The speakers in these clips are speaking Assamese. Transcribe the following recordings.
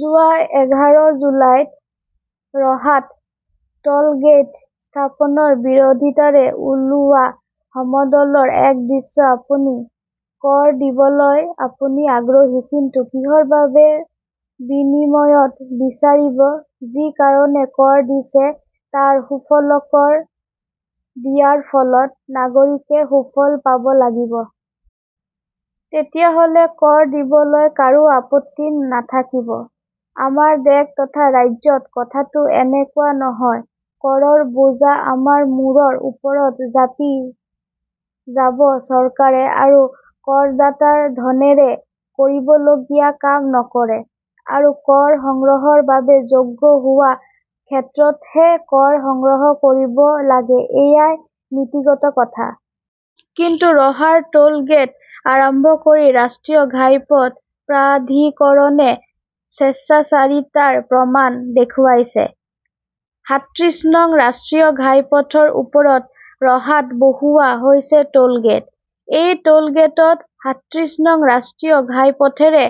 যোৱা এঘাৰ জুলাইত ৰহাত টোলগেইট স্থাপনৰ বিৰোধিতাৰে উলিওৱা সমদলৰ এটা দৃশ্য আপুনি কৰ দিবলৈ আপুনি আগ্ৰহী কিন্তু কিহৰ বাবে বিনিময়ত বিচাৰিব যি কাৰণে কৰ দিছে তাৰ সুফলকৰ দিয়াৰ ফলত নাগৰিকে সুফল পাব লাগিব। তেতিয়াহলে কৰ দিবলৈ কাৰো আপত্তি নাথাকিব। আমাৰ দেশ তথা ৰাজ্যত কথাটো এনেকুৱা নহয় কৰৰ বোজা আমাৰ মূৰৰ ওপৰত জাপি যাব চৰকাৰে আৰু কৰদাতাৰ ধনেৰে কৰিবলগীয়া কাম নকৰে। আৰু কৰ সংগ্ৰহৰ বাবে যোগ্য হোৱা ক্ষেত্ৰতহে কৰ সংগ্ৰহ কৰিব লাগেএয়াই নীতিগত কথা। কিন্তু ৰহাৰ টোল গেট আৰম্ভ কৰি ৰাষ্ট্ৰীয় ঘাইপথ প্ৰাধিকৰণে স্বেচ্ছাচাৰিতাৰ প্ৰমাণ দেখুৱাইছে। সাতত্ৰিশ নং ৰাষ্ট্ৰীয় ঘাইপথৰ ওপৰত ৰহাত বহুওৱা হৈছে টোল গেট। এই টোল গেটত সাতত্ৰিশ নং ৰাষ্ট্ৰীয় ঘাইপথেৰে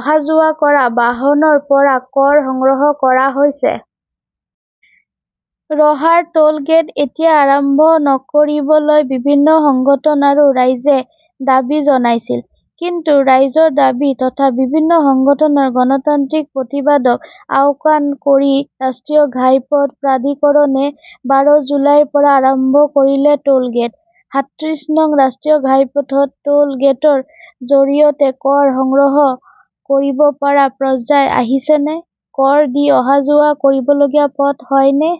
অহাযোৱা কৰা বাহনৰ পৰা কৰ সংগ্ৰহ কৰা হৈছে। ৰহাৰ টোল গেট এতিয়াই আৰম্ভ নকৰিবলৈ বিভিন্ন সংগঠন আৰু ৰাইজে দাবী জনাইছিল। কিন্তু ৰাইজৰ দাবী তথা বিভিন্ন সংগঠনৰ গণতান্ত্ৰিক প্ৰতিবাদক আওকাণ কৰি ৰাষ্ট্ৰীয় ঘাইপথ প্ৰাধিকৰণে বাৰ জুলাইৰ পৰা আৰম্ভ কৰিলে টোল গেট। সাতত্ৰিশ নং ৰাষ্ট্ৰীয় ঘাইপথত টোল গেটৰ জৰিয়তে কৰ সংগ্ৰহ কৰিব পৰা পৰ্যায় আহিছেনে কৰ দি অহাযোৱা কৰিবলগীয়া পথ হয়নে?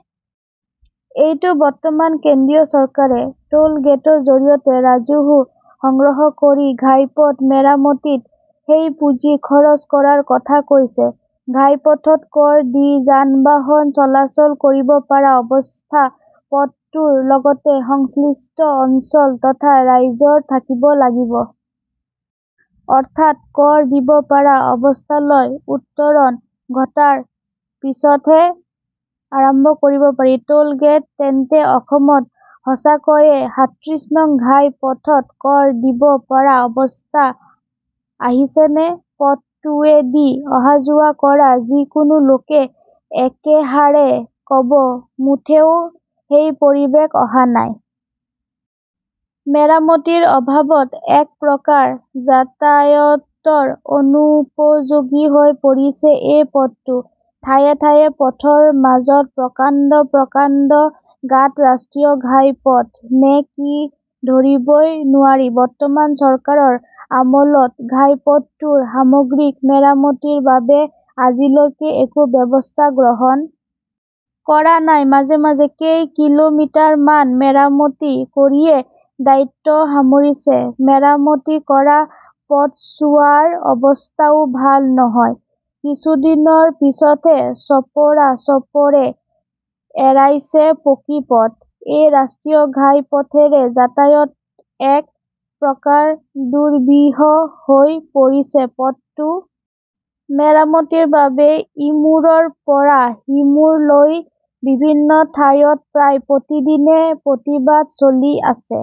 এইটো বৰ্তমান কেন্দ্ৰীয় চৰকাৰে টোল গেটৰ জৰিয়তে ৰাজহ সংগ্ৰহ কৰি ঘাইপথ মেৰামতিত সেই পুঁজি খৰচ কৰাৰ কথা কৈছে। ঘাইপথত কৰ দি যানবাহন চলাচল কৰিব পৰা অৱস্থা পথটোৰ লগতে সংশ্লিষ্ট অঞ্চল তথা ৰাইজৰ থাকিব লাগিব। অৰ্থাৎ কৰ দিব পৰা অৱস্থালৈ উত্তৰণ ঘটাৰ পিছতহে আৰম্ভ কৰিব পাৰি। টোল গেট তেন্তে অসমত সঁচাকৈয়ে সাতত্ৰিশ নং ৰাষ্ট্ৰীয় ঘাইপথত কৰ দিব পৰা অৱস্থা আহিছেনে পথটোৱেদি অহাযোৱা কৰা যিকোনো লোকেই একেষাৰে কব মুঠেও সেই পৰিৱেশ অহা নাই। মেৰামতিৰ অভাৱত এক প্ৰকাৰ যাতায়াতৰ অনুপযোগী হৈ পৰিছে এই পথটো ঠায়ে ঠায়ে পথৰ মাজত প্ৰকাণ্ড প্ৰকাণ্ড গাঁতৰাষ্ট্ৰীয় ঘাইপথ নে কি ধৰিবই নোৱাৰি বৰ্তমান চৰকাৰৰ আমোলত ঘাইপথটোৰ সামগ্ৰিক মেৰামতিৰ বাবে আজিলৈকে একো ব্যৱস্থা গ্ৰহণ কৰা নাই মাজে মাজে কেই কিলোমিটাৰমান মেৰামতি কৰিয়েই দায়িত্ব সামৰিছে মেৰামতি কৰা পথচোৱাৰ অৱস্থাও ভাল নহয় কিছুদিনৰ পিছতেই চপৰা চপৰে এৰাইছে পকী পথ এই ৰাষ্ট্ৰীয় ঘাইপথেৰে যাতায়াত এক প্ৰকাৰ দুৰ্বিষহ হৈ পৰিছে পথটো মেৰামতিৰ বাবে ইমূৰৰ পৰা সিমূৰলৈ বিভিন্ন ঠাইত প্ৰায় প্ৰতিদিনেই প্ৰতিবাদ চলি আছে